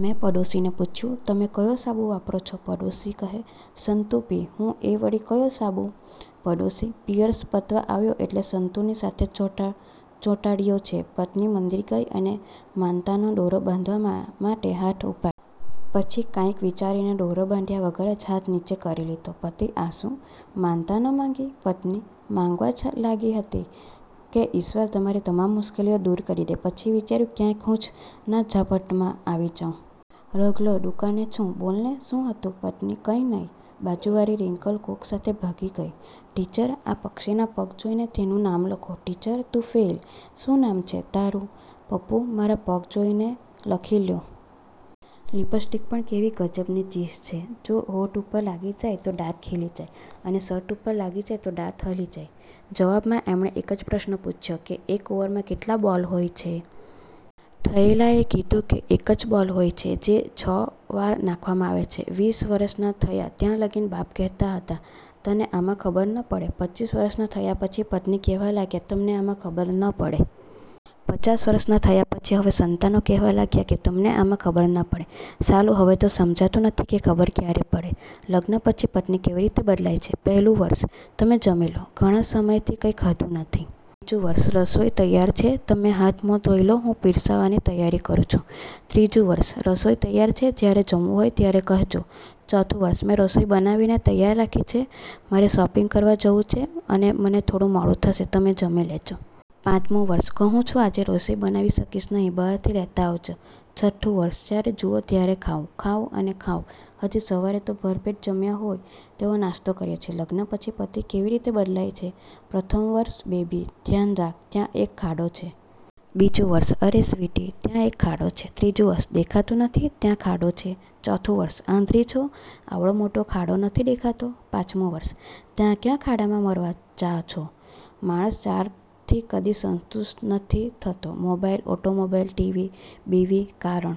મેં પડોશીને પુછયુ: તમે કયો સાબુ વાપરો છો? પડોશી: સંતુપી. હું: એ વળી ક્યો સાબુ? પડોશી: પીઅર્સ પતવા આવ્યો એટલે સંતુરની સાથે ચોંટાડયો છે. પત્ની મંદિર ગઈ અને માનતાનો દોરો બાંધવા માટે હાથ ઉપાડ્યો. પછી કાંઈક વિચારીને દોરો બાંધ્યા વગર જ હાથ નીચે કરી લીધો. પતિ: આ શું? માનતા ન માગી? પત્ની: માગવા જ લાગી હતી કે ઈશ્વર તમારી તમામ મુશ્કેલી દુર કરી દે. પછી વિચાર્યું ક્યાંક હું જ ના ઝપટમાં આવી જાઉ. રઘલો: દુકાને છું… બોલ ને, સું હતું? પત્ની: કઈ નઈ… બાજુ વાળી રિંકલ કોક સાથે ભાગી ગઈ. ટીચર: આ પક્ષીના પગ જોઈને તેનું નામ લખો. ટીચર: તું ફેઇલ. શું નામ છે તારું? પપ્પુ: મારા પગ જોઈને લખી લ્યો. લિપસ્ટિક પણ કેવી ગજબની ચીજ છે. જો હોઠ ઉપર લાગી જાય તો દાંત ખીલી જાય છે.. અને શર્ટ ઉપર લાગી જાય તો દાંત હલી જાય. જવાબ માં એમણે એક જ પ્રશ્ન પૂછ્યો કે, એક ઓવરમાં કેટલા બોલ હોય છે? થયેલા એ કીધું કે એક જ બોલ હોય છે, જે છ વાર નાખવામાં આવે છે. વીસ વરસના થયા ત્યાં લગી બાપા કહેતા હતા, તને આમાં ખબર ન પડે. પચીસ વરસના થયા પછી પત્ની કહેવા લાગ્યા, તમને આમાં ખબર ન પડે. પચાસ વરસના થયા પછી હવે સંતાનો કહેવા લાગ્યા છે કે તમને આમાં ખબર ન પડે. સાલું, હવે તો સમજાતું નથી કે ખબર ક્યારે પડે? લગ્ન પછી પત્ની કેવી રીતે બદલાય છે:- પહેલું વર્ષ: તમે જમી લો, ઘણા સમયથી કંઈ ખાધું નથી. બીજું વર્ષ: રસોઈ તૈયાર છે, તમે હાથ-મોં ધોઇલો હું પીરસવાની તૈયારી કરું છું. ત્રીજું વર્ષ: રસોઈ તૈયાર છે, જ્યારે જમવું હોય ત્યારે કહેજો. ચોથું વર્ષ: મેં રસોઈ બનાવીને તૈયાર રાખી છે. મારે શોપિંગ કરવા જવું છે અને મને મોડું થશે, તમે જમી લેજો. પાંચમું વર્ષ: કહું છું આજે રસોઈ બનાવી શકીશ નહીં, બહારથી લેતા આવજો. છઠ્ઠું વર્ષ: જ્યારે જુઓ ત્યારે ખાવું, ખાવું અને ખાવું. હજી સવારે તો ભરપેટ જમ્યા હોય તેવો નાસ્તો કર્યો છે…!! લગ્ન પછી પતિ કેવી રીતે બદલાય છે:- પ્રથમ વર્ષ: બેબી, ધ્યાન રાખ, ત્યાં એક ખાડો છે. બીજું વર્ષ: અરે સ્વીટી, ત્યાં એક ખાડો છે. ત્રીજું વર્ષ: દેખાતું નથી, ત્યાં ખાડો છે. ચોથું વર્ષ: આંધળી છો? આવડો મોટો ખાડો નથી દેખાતો. પાંચમું વર્ષ: ત્યાં ક્યાં ખાડામાં મરવા જા છો…!! માણસ ચારથી કદી સંતુષ્ટ નથી થતો: મોબાઈલ, ઓટોમોબાઈલ, ટી. વી., બીવી. કારણ?